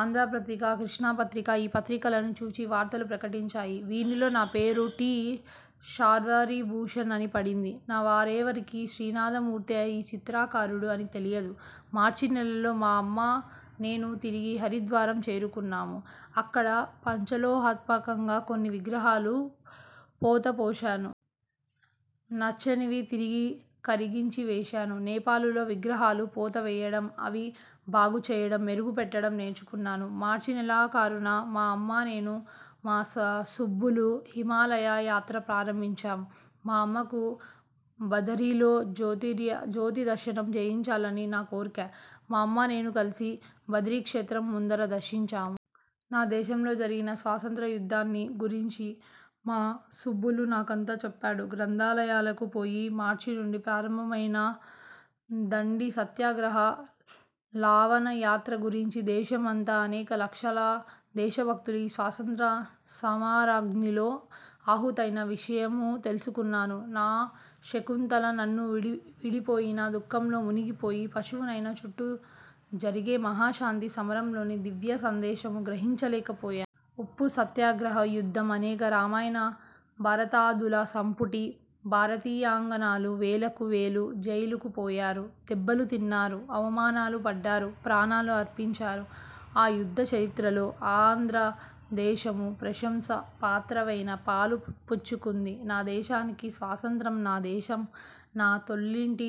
ఆంధ్రపత్రిక, కృష్ణాపత్రిక, ఈ పత్రికలను చూచి వార్తలు ప్రకటించాయి. వీనిలో నా పేరు టి. శర్వరీభూషణ్ అని పడింది. నా వారెవ్వరికీ శ్రీనాథమూర్తే ఈ చిత్రకారుడు అని తెలియదు. మార్చినెలలో మా అమ్మా, నేనూ తిరిగి హరిద్వారం చేరుకున్నాము. అక్కడ పంచలోహాత్మకంగా కొన్ని విగ్రహాలు పోతపోశాను. నచ్చనివి తిరిగి కరిగించి వేశాను. నేపాలులో విగ్రహాలు పోత వేయడం, అవి బాగుచెయ్యడం, మెరుగు పెట్టడం నేర్చుకున్నాను. మార్చి నెలాఖరున మా అమ్మా, నేనూ, మా సుబ్బులు హిమాలయ యాత్ర ప్రారంభించాము. మా అమ్మకు బదరిలో జ్యోతిర్దర్శనము చేయించాలని నా కోర్కె. మా అమ్మ, నేనూ కలిసి బదరీక్షేత్రం ముందర దర్శించాము. నా దేశంలో జరిగిన స్వాతంత్ర్య యుద్దాన్ని గూర్చి మా సుబ్బులు నాకంతా చెప్పాడు. గ్రంథాలయాలకుపోయి మార్చి నుండి ప్రారంభమైన దండి సత్యాగ్రహ లవణయాత్రనుగూర్చీ, దేశం అంతా అనేక లక్షల దేశభక్తులు ఈ స్వాతంత్ర్య సమరాగ్నిలో ఆహుతైన విషయమూ తెలుసుకొన్నాను. నా శకుంతల నన్ను విడిపోయిన దుఃఖంలో మునిగిపోయి, పశువునైనా చుట్టూ జరిగే మహాశాంతి సమరంలోని దివ్యసందేశము గ్రహించలేకపోయా ఉప్పు సత్యాగ్రహ యుద్ధం అనేక రామాయణ భారతాదుల సంపుటి! భారతీయాంగనలు వేలకు వేలు జైళ్ళకుపోయారు. దెబ్బలు తిన్నారు, అవమానాలు పడ్డారు, ప్రాణాలు అర్పించారు. ఆ యుద్దచరిత్రలో ఆంధ్రదేశమూ ప్రశంసాపాత్రమైన పాలు పుచ్చుకుంది. నా దేశానికి స్వాతంత్ర్యం, నాదేశం తన తొల్లింటి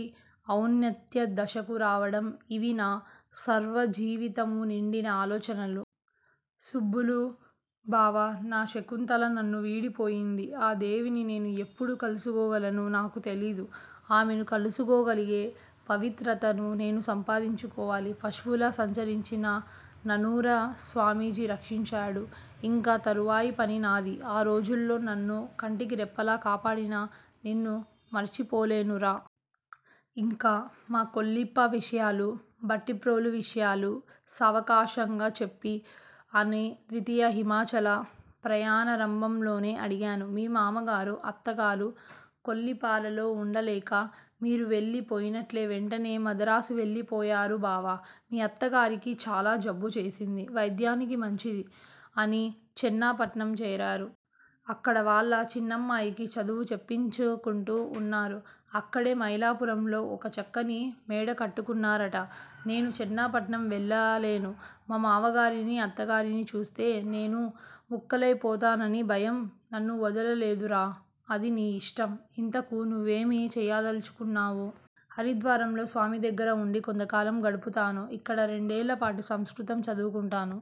ఔన్నత్యదశకు రావడం ఇవి నా సర్వజీవితమూ నిండిన ఆలోచనలు. '' సుబ్బులుబావా! నా శకుంతల నన్ను వీడిపోయింది. ఆ దేవిని నేను ఎప్పుడు కలుసుకోగాలనో నాకు తెలియదు. ఆమెను కలుసుకోగలిగే పవిత్రత నేను సంపాదించుకోవాలి. పశువులా సంచరించిన ననుర స్వామీజీ రక్షించాడు. ఇంక తరువాయి పని నాది. ఆ రోజుల్లో నన్ను కంటికి రెప్పలా కాపాడిన నిన్ను మరచిపోలేనురా! యింక మా కొల్లిప్న విషయాలు, భట్టిప్రోలు విషయాలు సావకాశంగా చెప్పు'' అని ద్వితీయ హిమాచల ప్రయాణారంభంలోనే అడిగాను. '' మీ మామగారూ, అత్తగారు కొల్లిపరలో ఉండలేక, మీరు వెళ్ళి పోయినట్లే వెంటనే మదరాసు వెళ్ళిపోయారురాబావా! మీ అత్తగారికి చాలా జబ్బు చేసింది. వైద్యానికి మంచిది అని చెన్నపట్నం చేరారు. అక్కడ వాళ్ళ చిన్నమ్మాయికి చదువు చెప్పించుకుంటూ ఉన్నారు. అక్కడే మైలాపురంలో ఒక చక్కని మేడ కొనుక్కున్నారట! '''' నేను చెన్నపట్నం వెళ్ళలేను. మా మావగారినీ, అత్తగారినీ చూస్తే నేను ముక్కలయిపోతాననే భయం నన్నువదలలేదురా! '''' అది నీ యిష్టం. ఇంతకూ నువ్వేమి చేయదలచుకున్నావు? '''' హరిద్వారంలో స్వామిదగ్గరగా ఉండి కొంతకాలం గడుపుతాను. ఇక్కడ రెండేళ్ళపాటు సంస్కృతం చదువుకొంటాను.